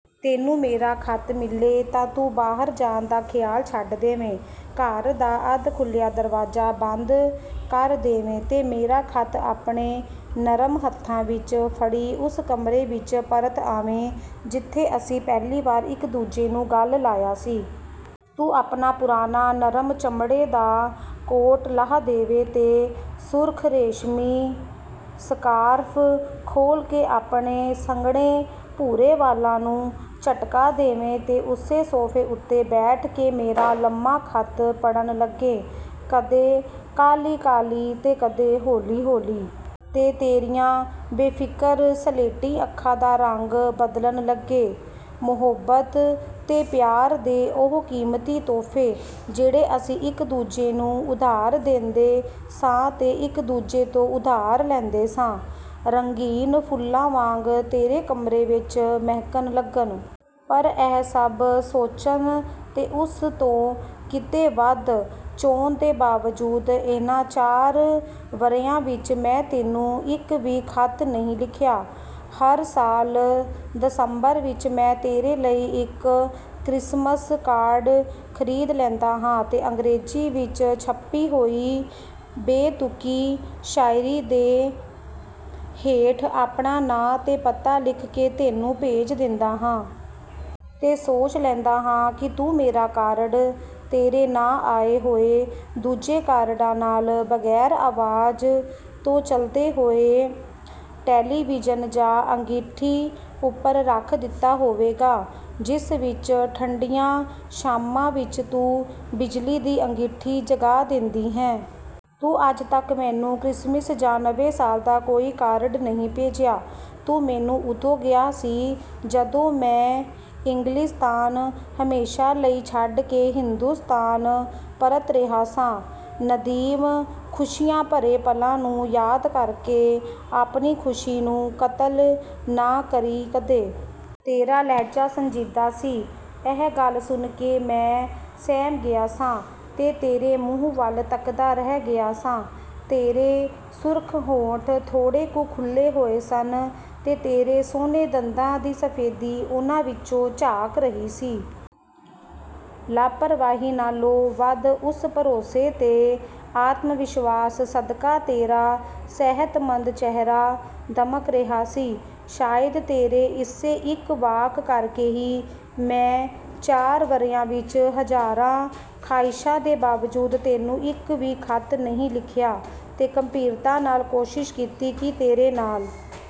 ਤੈਨੂੰ ਮੇਰਾ ਖ਼ਤ ਮਿਲੇ, ਤਾਂ ਤੂੰ ਬਾਹਰ ਜਾਣ ਦਾ ਖ਼ਿਆਲ ਛੱਡ ਦੇਵੇਂ, ਘਰ ਦਾ ਅੱਧ-ਖੁੱਲ੍ਹਿਆ ਦਰਵਾਜ਼ਾ ਬੰਦ ਕਰ ਦੇਵੇਂ ਤੇ ਮੇਰਾ ਖ਼ਤ ਆਪਣੇ ਨਰਮ ਹੱਥਾਂ ਵਿੱਚ ਫੜੀ ਉਸ ਕਮਰੇ ਵਿੱਚ ਪਰਤ ਆਵੇਂ, ਜਿੱਥੇ ਅਸੀਂ ਪਹਿਲੀ ਵਾਰ ਇੱਕ-ਦੂਜੇ ਨੂੰ ਗਲ਼ ਲਾਇਆ ਸੀ। ਤੂੰ ਆਪਣਾ ਪੁਰਾਣਾ ਨਰਮ ਚਮੜੇ ਦਾ ਕੋਟ ਲਾਹ ਦੇਵੇਂ ਤੇ ਸੁਰਖ਼ ਰੇਸ਼ਮੀ ਸਕਾਰਫ਼ ਖੋਲ੍ਹ ਕੇ ਆਪਣੇ ਸੰਘਣੇ ਭੂਰੇ ਵਾਲਾਂ ਨੂੰ ਝਟਕਾ ਦੇਵੇਂ ਤੇ ਉਸੇ ਸੋਫ਼ੇ ਉੱਤੇ ਬੈਠ ਕੇ ਮੇਰਾ ਲੰਮਾ ਖ਼ਤ ਪੜ੍ਹਨ ਲੱਗੇਂ—ਕਦੇ ਕਾਹਲੀ-ਕਾਹਲੀ ਤੇ ਕਦੇ ਹੌਲੀ-ਹੌਲੀ। ਤੇ ਤੇਰੀਆਂ ਬੇਫ਼ਿਕਰ ਸਲੇਟੀ ਅੱਖਾਂ ਦਾ ਰੰਗ ਬਦਲਣ ਲੱਗੇ। ਮੁਹੱਬਤ ਤੇ ਪਿਆਰ ਦੇ ਉਹ ਕੀਮਤੀ ਤੋਹਫ਼ੇ, ਜਿਹੜੇ ਅਸੀਂ ਇੱਕ-ਦੂਜੇ ਨੂੰ ਉਧਾਰ ਦੇਂਦੇ ਸਾਂ ਤੇ ਇੱਕ-ਦੂਜੇ ਤੋਂ ਉਧਾਰ ਲੈਂਦੇ ਸਾਂ, ਰੰਗੀਨ ਫੁੱਲਾਂ ਵਾਂਗ ਤੇਰੇ ਕਮਰੇ ਵਿੱਚ ਮਹਿਕਣ ਲੱਗਣ। ਪਰ ਇਹ ਸਭ ਸੋਚਣ ਤੇ ਉਸ ਤੋਂ ਕਿਤੇ ਵੱਧ ਚਾਹੁਣ ਦੇ ਬਾਵਜੂਦ, ਇਹਨਾਂ ਚਾਰ ਵਰ੍ਹਿਆਂ ਵਿੱਚ ਮੈਂ ਤੈਨੂੰ ਇੱਕ ਵੀ ਖ਼ਤ ਨਹੀਂ ਲਿਖਿਆ। ਹਰ ਸਾਲ ਦਸੰਬਰ ਵਿੱਚ ਮੈਂ ਤੇਰੇ ਲਈ ਇੱਕ ਕ੍ਰਿਸਮਿਸ ਕਾਰਡ ਖ਼ਰੀਦ ਲੈਂਦਾ ਹਾਂ ਤੇ ਅੰਗਰੇਜ਼ੀ ਵਿੱਚ ਛਪੀ ਹੋਈ ਬੇਤੁਕੀ ਸ਼ਾਇਰੀ ਦੇ ਹੇਠ ਆਪਣਾ ਨਾਂ ਤੇ ਪਤਾ ਲਿਖ ਕੇ ਤੈਨੂੰ ਭੇਜ ਦੇਂਦਾ ਹਾਂ। ਤੇ ਸੋਚ ਲੈਂਦਾ ਹਾਂ ਕਿ ਤੂੰ ਮੇਰਾ ਕਾਰਡ ਤੇਰੇ ਨਾਂ ਆਏ ਹੋਏ ਦੂਜੇ ਕਾਰਡਾਂ ਨਾਲ, ਬਗ਼ੈਰ ਆਵਾਜ਼ ਤੋਂ ਚੱਲਦੇ ਹੋਏ ਟੈਲੀਵੀਜ਼ਨ ਜਾਂ ਅੰਗੀਠੀ ਉੱਪਰ ਰੱਖ ਦਿੱਤਾ ਹੋਵੇਗਾ, ਜਿਸ ਵਿੱਚ ਠੰਡੀਆਂ ਸ਼ਾਮਾਂ ਵਿੱਚ ਤੂੰ ਬਿਜਲੀ ਦੀ ਅੰਗੀਠੀ ਜਗਾ ਦੇਂਦੀ ਹੈਂ। ਤੂੰ ਅੱਜ ਤੱਕ ਮੈਨੂੰ ਕ੍ਰਿਸਮਿਸ ਜਾਂ ਨਵੇਂ ਸਾਲ ਦਾ ਕੋਈ ਕਾਰਡ ਨਹੀਂ ਭੇਜਿਆ। ਤੂੰ ਮੈਨੂੰ ਉਦੋਂ ਕਿਹਾ ਸੀ, ਜਦੋਂ ਮੈਂ ਇੰਗਲਿਸਤਾਨ ਹਮੇਸ਼ਾ ਲਈ ਛੱਡ ਕੇ ਹਿੰਦੁਸਤਾਨ ਪਰਤ ਰਿਹਾ ਸਾਂ, "ਨਦੀਮ, ਖੁਸ਼ੀਆਂ ਭਰੇ ਪਲਾਂ ਨੂੰ ਯਾਦ ਕਰਕੇ ਆਪਣੀ ਖੁਸ਼ੀ ਨੂੰ ਕਤਲ ਨਾ ਕਰੀਂ ਕਦੇ।" ਤੇਰਾ ਲਹਿਜ਼ਾ ਸੰਜੀਦਾ ਸੀ। ਇਹ ਗੱਲ ਸੁਣ ਕੇ ਮੈਂ ਸਹਿਮ ਗਿਆ ਸਾਂ ਤੇ ਤੇਰੇ ਮੂੰਹ ਵੱਲ ਤੱਕਦਾ ਰਹਿ ਗਿਆ ਸਾਂ। ਤੇਰੇ ਸੁਰਖ਼ ਹੋਂਠ ਥੋੜ੍ਹੇ ਕੁ ਖੁੱਲ੍ਹੇ ਹੋਏ ਸਨ ਤੇ ਤੇਰੇ ਸੋਹਣੇ ਦੰਦਾਂ ਦੀ ਸਫ਼ੇਦੀ ਉਹਨਾਂ ਵਿੱਚੋਂ ਝਾਕ ਰਹੀ ਸੀ। ਲਾਪ੍ਰਵਾਹੀ ਨਾਲੋਂ ਵੱਧ ਉਸ ਭਰੋਸੇ ਤੇ ਆਤਮ-ਵਿਸ਼ਵਾਸ ਸਦਕਾ ਤੇਰਾ ਸਿਹਤਮੰਦ ਚਿਹਰਾ ਦਮਕ ਰਿਹਾ ਸੀ। ਸ਼ਾਇਦ ਤੇਰੇ ਇਸੇ ਇੱਕ ਵਾਕ ਕਰਕੇ ਹੀ ਮੈਂ ਚਾਰ ਵਰ੍ਹਿਆਂ ਵਿੱਚ ਹਜ਼ਾਰਾਂ ਖ਼ਾਹਿਸ਼ਾਂ ਦੇ ਬਾਵਜੂਦ ਤੈਨੂੰ ਇੱਕ ਵੀ ਖ਼ਤ ਨਹੀਂ ਲਿਖਿਆ ਤੇ ਗੰਭੀਰਤਾ ਨਾਲ ਕੋਸ਼ਿਸ਼ ਕੀਤੀ ਕਿ ਤੇਰੇ ਨਾਲ...